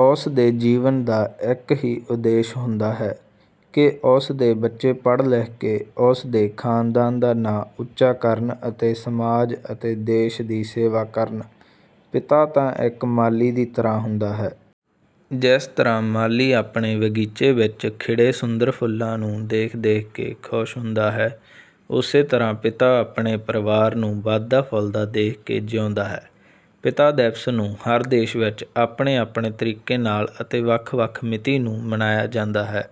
ਉਸ ਦੇ ਜੀਵਨ ਦਾ ਇੱਕ ਹੀ ਉਦੇਸ਼ ਹੁੰਦਾ ਹੈ ਕਿ ਉਸ ਦੇ ਬੱਚੇ ਪੜ੍ਹ ਲਿਖ ਕੇ ਉਸ ਦੇ ਖਾਨਦਾਨ ਦਾ ਨਾਂ ਉੱਚਾ ਕਰਨ ਅਤੇ ਸਮਾਜ ਅਤੇ ਦੇਸ਼ ਦੀ ਸੇਵਾ ਕਰਨ। ਪਿਤਾ ਤਾਂ ਇੱਕ ਮਾਲੀ ਦੀ ਤਰ੍ਹਾਂ ਹੁੰਦਾ ਹੈ। ਜਿਸ ਤਰ੍ਹਾਂ ਮਾਲੀ ਆਪਣੇ ਬਗੀਚੇ ਵਿੱਚ ਖਿੜੇ ਸੁੰਦਰ ਫੁੱਲਾਂ ਨੂੰ ਦੇਖ ਦੇਖ ਕੇ ਖੁਸ਼ ਹੁੰਦਾ ਹੈ ਉਸੇ ਤਰ੍ਹਾਂ ਪਿਤਾ ਆਪਣੇ ਪਰਿਵਾਰ ਨੂੰ ਵਧਦਾ ਫੁੱਲਦਾ ਦੇਖ ਕੇ ਜਿਉਂਦਾ ਹੈ। ਪਿਤਾ ਦਿਵਸ ਨੂੰ ਹਰ ਦੇਸ਼ ਵਿੱਚ ਆਪਣੇ ਆਪਣੇ ਤਰੀਕੇ ਨਾਲ ਅਤੇ ਵੱਖ ਵੱਖ ਮਿਤੀ ਨੂੰ ਮਨਾਇਆ ਜਾਂਦਾ ਹੈ।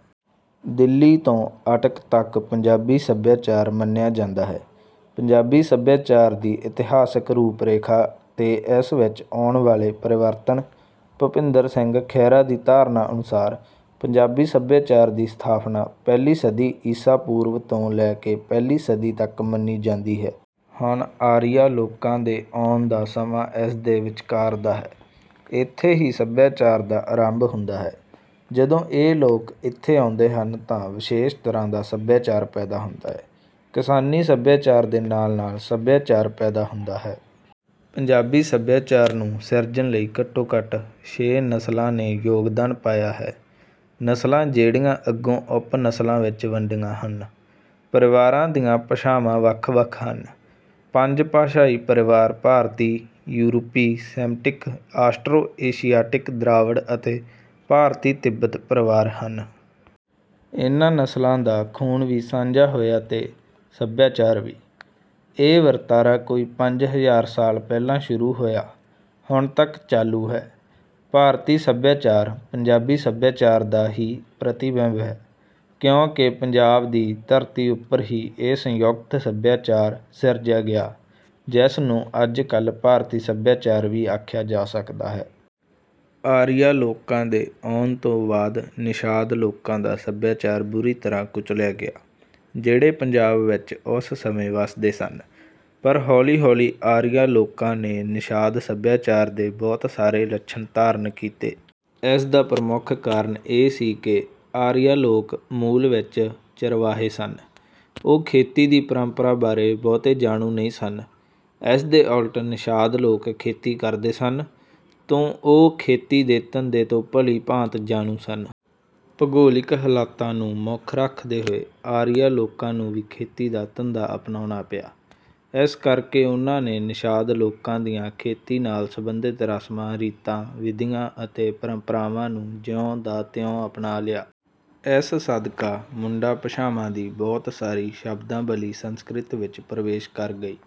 ਦਿੱਲੀ ਤੋਂ ਅਟਕ ਤੱਕ ਪੰਜਾਬੀ ਸੱਭਿਆਚਾਰ ਮੰਨਿਆ ਜਾਂਦਾ ਹੈ। ਪੰਜਾਬੀ ਸੱਭਿਆਚਾਰ ਦੀ ਇਤਿਹਾਸਕ ਰੂਪ ਰੇਖਾ ਤੇ ਇਸ ਵਿੱਚ ਆਉਣ ਵਾਲੇ ਪਰਿਵਰਤਨ। ਭੁਪਿੰਦਰ ਸਿੰਘ ਖਹਿਰਾ ਦੀ ਧਾਰਨਾ ਅਨੁਸਾਰ ਪੰਜਾਬੀ ਸੱਭਿਆਚਾਰ ਦੀ ਸਥਾਪਨਾ ਪਹਿਲੀ ਸਦੀ ਈਸਾ ਪੂਰਵ ਤੋਂ ਲੈ ਕੇ ਪਹਿਲੀ ਸਦੀ ਤੱਕ ਮੰਨੀ ਜਾਂਦੀ ਹੈ। ਹੁਣ ਆਰੀਆ ਲੋਕਾਂ ਦੇ ਆਉਣ ਦਾ ਸਮਾਂ ਇਸਦੇ ਵਿਚਕਾਰ ਦਾ ਹੈ। ਇੱਥੇ ਹੀ ਸੱਭਿਆਚਾਰ ਦਾ ਆਰੰਭ ਹੁੰਦਾ ਹੈ। ਜਦੋਂ ਇਹ ਲੋਕ ਇੱਥੇ ਆਉਂਦੇ ਹਨ ਤਾਂ ਵਿਸ਼ੇਸ਼ ਤਰ੍ਹਾਂ ਦਾ ਸੱਭਿਆਚਾਰ ਪੈਦਾ ਹੁੰਦਾ ਹੈ। ਕਿਸਾਨੀ ਸੱਭਿਆਚਾਰ ਦੇ ਨਾਲ ਨਾਲ ਸੱਭਿਆਚਾਰ ਪੈਦਾ ਹੁੰਦਾ ਹੈ। ਪੰਜਾਬੀ ਸੱਭਿਆਚਾਰ ਨੂੰ ਸਿਰਜਣ ਲਈ ਘੱਟੋ ਘੱਟ ਛੇ ਨਸਲਾਂ ਨੇ ਯੋਗਦਾਨ ਪਾਇਆ ਹੈ। ਨਸਲਾਂ ਜਿਹੜੀਆਂ ਅੱਗੋਂ ਉਪ ਨਸਲਾਂ ਵਿੱਚ ਵੰਡੀਆਂ ਹਨ। ਪਰਿਵਾਰਾਂ ਦੀਆਂ ਭਾਸ਼ਾਵਾਂ ਵੱਖ ਵੱਖ ਹਨ। ਪੰਜ ਭਾਸ਼ਾਈ ਪਰਿਵਾਰ ਭਾਰਤੀ ਯੂਰਪੀ ਸੈਮਟਿਕ ਆਸਟਰੋ ਏਸ਼ੀਆਟਿਕ ਦਰਾਵੜ ਅਤੇ ਭਾਰਤੀ ਤਿੱਬਤ ਪਰਿਵਾਰ ਹਨ। ਇਹਨਾਂ ਨਸਲਾਂ ਦਾ ਖੂਨ ਵੀ ਸਾਂਝਾ ਹੋਇਆ ਤੇ ਸੱਭਿਆਚਾਰ ਵੀ। ਇਹ ਵਰਤਾਰਾ ਕੋਈ ਪੰਜ ਹਜ਼ਾਰ ਸਾਲ ਪਹਿਲਾਂ ਸ਼ੁਰੂ ਹੋਇਆ ਹੁਣ ਤੱਕ ਚਾਲੂ ਹੈ। ਭਾਰਤੀ ਸੱਭਿਆਚਾਰ ਪੰਜਾਬੀ ਸੱਭਿਆਚਾਰ ਦਾ ਹੀ ਪ੍ਰਤੀਬਿੰਬ ਹੈ ਕਿਉਂਕਿ ਪੰਜਾਬ ਦੀ ਧਰਤੀ ਉੱਪਰ ਹੀ ਇਹ ਸੰਯੁਕਤ ਸੱਭਿਆਚਾਰ ਸਿਰਜਿਆ ਗਿਆ ਜਿਸਨੂੰ ਅੱਜ ਕੱਲ ਭਾਰਤੀ ਸੱਭਿਆਚਾਰ ਵੀ ਆਖਿਆ ਜਾ ਸਕਦਾ ਹੈ। ਆਰੀਆ ਲੋਕਾਂ ਦੇ ਆਉਣ ਤੋਂ ਬਾਅਦ ਨਿਸ਼ਾਦ ਲੋਕਾਂ ਦਾ ਸੱਭਿਆਚਾਰ ਬੁਰੀ ਤਰ੍ਹਾਂ ਕੁਚਲਿਆ ਗਿਆ। ਜਿਹੜੇ ਪੰਜਾਬ ਵਿੱਚ ਉਸ ਸਮੇਂ ਵਸਦੇ ਸਨ ਪਰ ਹੌਲੀ ਹੌਲੀ ਆਰੀਆ ਲੋਕਾਂ ਨੇ ਨਿਸ਼ਾਦ ਸੱਭਿਆਚਾਰ ਦੇ ਬਹੁਤ ਸਾਰੇ ਲੱਛਣ ਧਾਰਨ ਕੀਤੇ। ਇਸਦਾ ਪ੍ਰਮੁੱਖ ਕਾਰਨ ਇਹ ਸੀ ਕਿ ਆਰੀਆ ਲੋਕ ਮੂਲ ਵਿੱਚ ਚਰਵਾਹੇ ਸਨ। ਉਹ ਖੇਤੀ ਦੀ ਪਰੰਪਰਾ ਬਾਰੇ ਬਹੁਤੇ ਜਾਣੂ ਨਹੀਂ ਸਨ। ਇਸਦੇ ਉਲਟ ਨਿਸ਼ਾਦ ਲੋਕ ਖੇਤੀ ਕਰਦੇ ਸਨ ਤੋਂ ਉਹ ਖੇਤੀ ਦੇ ਧੰਦੇ ਤੋਂ ਭਲੀ ਭਾਂਤ ਜਾਣੂ ਸਨ। ਭੂਗੋਲਿਕ ਹਾਲਤਾਂ ਨੂੰ ਮੁੱਖ ਰੱਖਦੇ ਹੋਏ ਆਰੀਆਂ ਲੋਕਾਂ ਨੂੰ ਵੀ ਖੇਤੀ ਦਾ ਧੰਦਾ ਅਪਣਾਉਣਾ ਪਿਆ। ਇਸ ਕਰਕੇ ਉਨ੍ਹਾਂ ਨੇ ਨਿਸ਼ਾਦ ਲੋਕਾਂ ਦੀਆਂ ਖੇਤੀ ਨਾਲ ਸਬੰਧਿਤ ਰਸਮਾਂ ਰੀਤਾਂ ਵਿਧੀਆਂ ਅਤੇ ਪਰੰਪਰਾਵਾਂ ਨੂੰ ਜਿਉਂ ਦਾ ਤਿਉਂ ਅਪਣਾ ਲਿਆ। ਇਸ ਸਦਕਾ ਮੁੰਡਾ ਭਾਸ਼ਾਵਾਂ ਦੀ ਬਹੁਤ ਸਾਰੀ ਸ਼ਬਦਾਵਲੀ ਸੰਸਕ੍ਰਿਤ ਵਿੱਚ ਪ੍ਰਵੇਸ਼ ਕਰ ਗਈ।